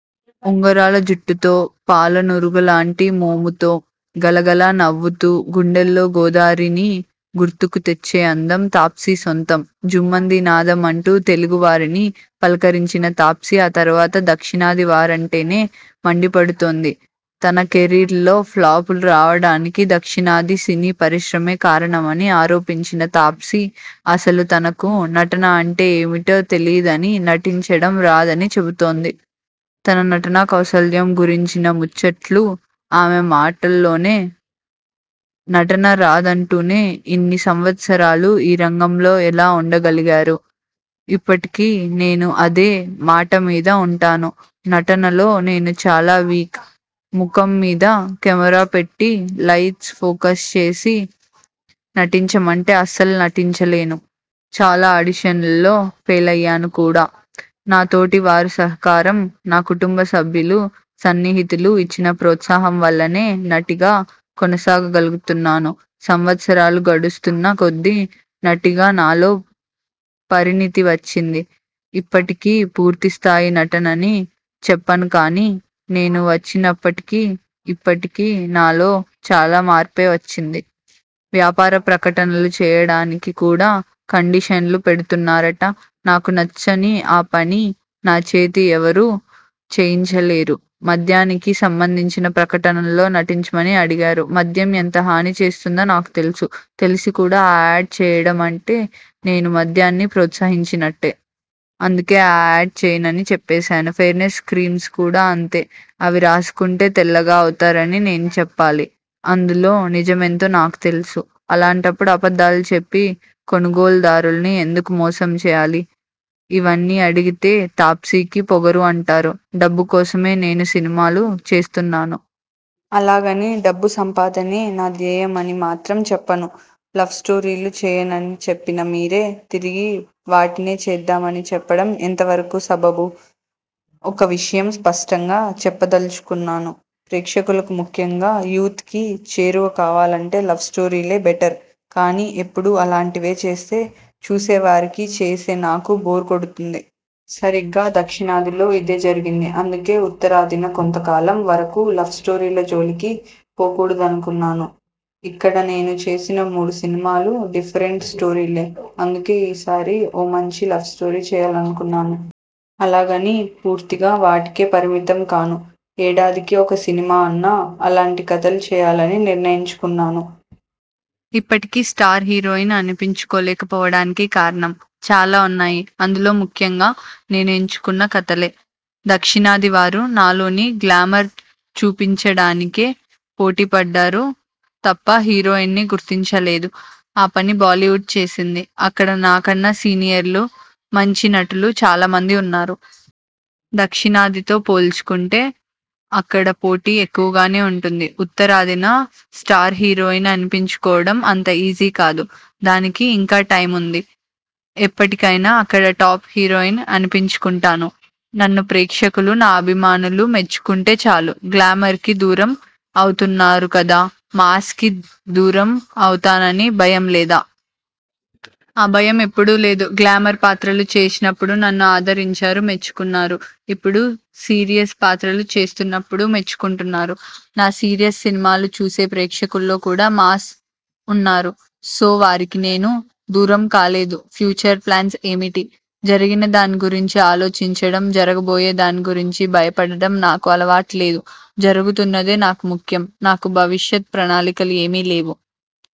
ఉంగరాల జుట్టుతో, పాలనురుగులాంటి మోముతో గలగల నవ్వుతూ 'గుండెల్లో గోదారి'ని గుర్తుకు తెచ్చే అందం తాప్సీ సొంతం. 'ఝుమ్మంది నాదం' అంటూ తెలుగు వారిని పలకరించిన తాప్సీ ఆ తరువాత దక్షిణాది వారంటేనే మండిపడుతోంది. తన కెరీర్లో ఫ్లాపులు రావడానికి దక్షిణాది సినీ పరిశ్రమే కారణమని ఆరోపించిన తాప్సీ అసలు తనకు నటన అంటే ఏమిటో తెలిదనీ, నటించడం రాదనీ చెబుతోంది. తన నటనాకౌశల్యం గురించిన ముచ్చట్లు ఆమె మాటల్లోనే. నటన రాదంటూనే ఇన్ని సంవత్సరాలు ఈ రంగంలో ఎలా ఉండగలిగారు? ఇప్పటికీ నేను అదే మాటమీద ఉంటాను. నటనలో నేను చాలా వీక్. ముఖం మీద కెమెరా పెట్టి లైట్స్ ఫోకస్ చేసి నటించమంటే అస్సలు నటించలేను. చాలా ఆడిషన్లలో ఫెలయ్యాను కూడా, నా తోటి వారి సహకారం, నా కుటుంబ సభ్యులు, సన్నిహితులు ఇచ్చిన ప్రోత్సాహం వల్లనే నటిగా కొనసాగగలుగుతున్నాను. సంవత్సరాలు గడుస్తున్న కొద్దీ నటిగా నాలో పరిణతి వచ్చింది. ఇప్పటికీ పూర్తిస్థాయి నటనని చెప్పను కానీ, నేను వచ్చినప్పటికీ ఇప్పటికీ నాలో చాలా మార్పే వచ్చింది. వ్యాపార ప్రకటనలు చేయడానికి కూడా కండిషన్లు పెడుతున్నారట? నాకు నచ్చని ఆ పని నా చేత ఎవరూ చేయించలేరు మద్యానికి సంబంధించిన ప్రకటనల్లో నటించమని అడిగారు. మద్యం ఎంత హాని చేస్తుందో నాకు తెలుసు. తెలిసి కూడా ఆ యాడ్ చేయడం అంటే నేను మద్యాన్ని ప్రోత్సహించినట్టే. అందుకే ఆ యాడ్ చేయనని చెప్పేశాను. ఫెయిర్నెస్ క్రీమ్స్ కూడా అంతే, అవి రాసుకుంటే తెల్లగా అవుతారని నేను చెప్పాలి. అందులో నిజమెంతో నాకు తెలుసు. అలాంటప్పడు అబద్ధాలు చెప్పి కొనుగోలుదారుల్ని ఎందుకు మోసం చేయాలి? ఇవన్నీ అడిగితే తాప్సీకి పొగరు అంటారు. డబ్బు కోసమే నేను సినిమాలు చేస్తున్నాను. అలాగని డబ్బు సంపాదనే నా ధ్యేయం అని మాత్రం చెప్పను. లవ్ స్టోరీలు చేయనని చెప్పిన మీరే తిరిగి వాటినే చేద్దామని చెప్పడం ఎంత వరకు సబబు? ఒక విషయం స్పష్టంగా చెప్పదలుచుకున్నాను. ప్రేక్షకులకు ముఖ్యంగా యూత్ కి చేరువ కావాలంటే లవ్ స్టోరీలే బెటర్, కానీ ఎప్పుడూ అలాంటివే చేస్తే చూసేవారికీ, చేసే నాకూ బోర్ కొడుతుంది. సరిగ్గా దక్షిణాదిలో ఇదే జరిగింది. అందుకే ఉత్తరాదిన కొంత కాలం వరకూ లవ్ స్టోరీల జోలికి పోకూడదనుకున్నాను. ఇక్కడ నేను చేసిన మూడు సినిమాలు డిఫరెంట్ స్టోరీలే. అందుకే ఈసారి ఓ మంచి లవ్ స్టోరీ చేయాలనుకున్నాను. అలాగని పూర్తిగా వాటికే పరిమితం కాను. ఏడాదికి ఒక సినిమా అన్నా అలాంటి కథలు చేయాలని నిర్ణయించుకున్నాను. ఇప్పటికీ స్టార్ హీరోయిన్ అనిపించుకోలేకపోవడానికి కారణం? చాలా ఉన్నాయి. అందులో ముఖ్యంగా నేను ఎంచుకున్న కథలే, దక్షిణాది వారు నాలోని గ్లామర్ చూపించడానికే పోటీ పడ్డారు తప్ప హీరోయిన్ని గుర్తించలేదు. ఆ పని బాలీవుడ్ చేసింది. అక్కడ నా కన్నా సీనియర్లు, మంచి నటులు చాలామంది ఉన్నారు. దక్షిణాదితో పోల్చుకుంటే అక్కడ పోటీ ఎక్కువగానే ఉంటుంది. ఉత్తరాదిన స్టార్ హీరోయిన్ అనిపించుకోవడం అంత ఈజీ కాదు. దానికి ఇంకా టైముంది. ఎప్పటికైనా అక్కడ టాప్ హీరోయిన్ అనిపించుకుంటాను. నన్ను ప్రేక్షకులు, నా అభిమానులు మెచ్చుకుంటే చాలు. గ్లామర్ కి దూరం అవుతున్నారు కదా, మాస్ కి దూరం అవుతానని భయం లేదా? ఆ భయం ఎప్పుడూ లేదు. గ్లామర్ పాత్రలు చేసినప్పుడు నన్ను ఆదరించారు, మెచ్చుకున్నారు. ఇప్పుడు సీరియస్ పాత్రలు చేస్తున్నప్పుడూ మెచ్చుకుంటున్నారు. నా సీరియస్ సినిమాలు చూసే ప్రేక్షకుల్లో కూడా మాస్ ఉన్నారు. సో వారికి నేను దూరం కాలేదు. ఫ్యూచర్ ప్లాన్స్ ఏమిటి? జరిగినదాని గురించి ఆలోచించడం, జరగబోయే దాని గురించి భయపడడం నాకు అలవాటు లేదు. జరుగుతున్నదే నాకు ముఖ్యం. నాకు భవిష్యత్ ప్రణాళికలు ఏమీ లేవు.